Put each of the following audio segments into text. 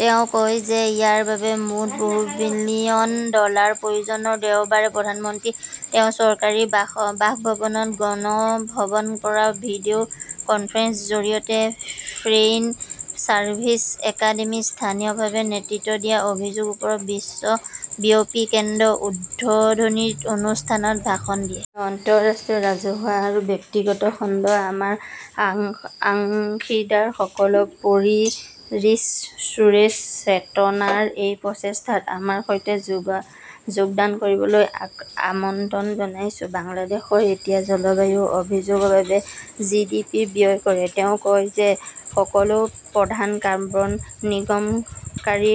তেওঁ কয় যে ইয়াৰ বাবে মুঠ বহু বিলিয়ন ডলাৰৰ প্ৰয়োজন। দেওবাৰে প্ৰধানমন্ত্ৰীয়ে তেওঁৰ চৰকাৰী বাসভৱন গণভৱনৰ পৰা ভিডিঅ 'কনফাৰেন্সৰ জৰিয়তে ফৰেইন চাৰ্ভিচ একাডেমীত "স্থানীয়ভাৱে নেতৃত্ব দিয়া অভিযোজনৰ ওপৰত বিশ্বব্যাপী কেন্দ্ৰ" ৰ উদ্বোধনী অনুষ্ঠানত ভাষণ দিয়ে। মই আন্তঃৰাষ্ট্ৰীয় ৰাজহুৱা আৰু ব্যক্তিগত খণ্ডৰ আমাৰ অংশীদাৰসকলক পেৰিছ চুক্তিৰ চেতনাত এই প্ৰচেষ্টাত আমাৰ সৈতে যোগদান কৰিবলৈ আমন্ত্ৰণ জনাইছো। "বাংলাদেশই এতিয়া জলবায়ু অভিযোজনৰ বাবে জিডিপিৰ ব্যয় কৰে", তেওঁ কয়। "তেওঁ সকলো প্ৰধান কাৰ্বন নিৰ্গমনকাৰী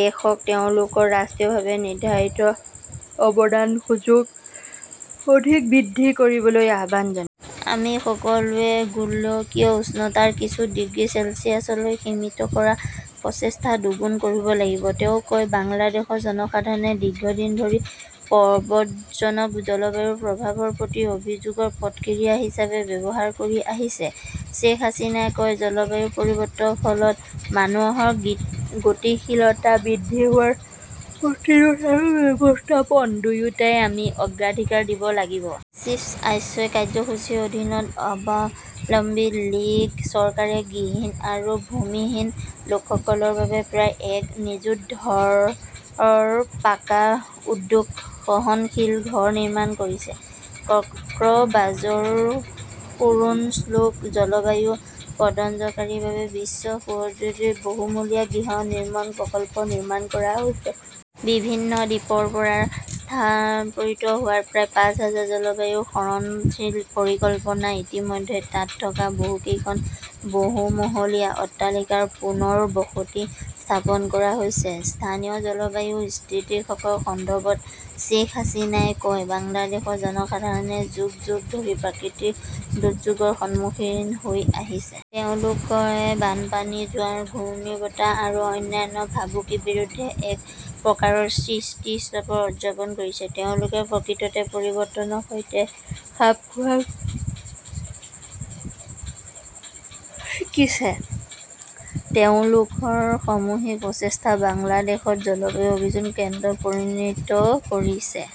দেশক তেওঁলোকৰ ৰাষ্ট্ৰীয়ভাৱে নিৰ্ধাৰিত অৱদানৰ সুযোগ অধিক বৃদ্ধি কৰিবলৈ আহ্বান জনায়। "আমি সকলোৱে গোলকীয় উষ্ণতা কিছু ডিগ্ৰী চেলছিয়াছলৈ সীমিত কৰাৰ প্ৰচেষ্টা দুগুণ কৰিব লাগিব", তেওঁ কয়। "বাংলাদেশৰ জনসাধাৰণে দীৰ্ঘদিন ধৰি প্ৰব্ৰজনক জলবায়ু প্ৰভাৱৰ প্ৰতি অভিযোজিত প্ৰতিক্ৰিয়া হিচাপে ব্যৱহাৰ কৰি আহিছে", শ্বেখ হাছিনাই কয়। জলবায়ু পৰিৱৰ্তনৰ ফলত মানুহৰ গতিশীলতা বৃদ্ধি হোৱাৰ প্ৰতিৰোধ আৰু ব্যৱস্থাপনা দুয়োটাই আমি অগ্ৰাধিকাৰ দিব লাগিব। "ফ্লেগশ্বিপ আশ্ৰয় কাৰ্যসূচীৰ অধীনত আৱামী লীগ চৰকাৰে গৃহহীন আৰু ভূমিহীন লোকসকলৰ বাবে প্ৰায় এক নিযুত অৰ্ধ-পাকা দুৰ্যোগ সহনশীল ঘৰ নিৰ্মাণ কৰিছে। কক্সবাজাৰৰ খুৰুছকুলত জলবায়ু প্ৰব্ৰজনকাৰীসকলৰ বাবে বিশ্বৰ সৰ্ববৃহৎ বহুমহলীয়া গৃহ নিৰ্মাণ প্ৰকল্প নিৰ্মাণ কৰা হৈছে। বিভিন্ন দ্বীপৰ পৰা স্থানান্তৰিত হোৱা প্ৰায় পাঁচ হাজাৰ জলবায়ু শৰণাৰ্থী পৰিয়ালক ইতিমধ্যে তাত থকা বহু কেইখন বহুমহলীয়া অট্টালিকাত পুনৰ বসতি স্থাপন কৰা হৈছে। স্থানীয় জলবায়ু স্থিতিস্থাপকতা সন্দৰ্ভত শ্বেইখ হাছিনাই কয়, "বাংলাদেশৰ জনসাধাৰণে যুগ যুগ ধৰি প্ৰাকৃতিক দুৰ্যোগৰ সন্মুখীন হৈ আহিছে। তেওঁলোকে বানপানী, জোৱাৰ, ঘূৰ্ণীবতাহ আৰু অন্যান্য ভাবুকিৰ বিৰুদ্ধে এক প্ৰকাৰৰ স্থিতিস্থাপকতা অৰ্জন কৰিছে। তেওঁলোকে প্ৰকৃতিৰ পৰিৱৰ্তনৰ সৈতে খাপ খোৱাটো শিকিছে। তেওঁলোকৰ সামূহিক প্ৰচেষ্টাই বাংলাদেশক জলবায়ু অভিযোজন কেন্দ্ৰত পৰিণত কৰিছে।"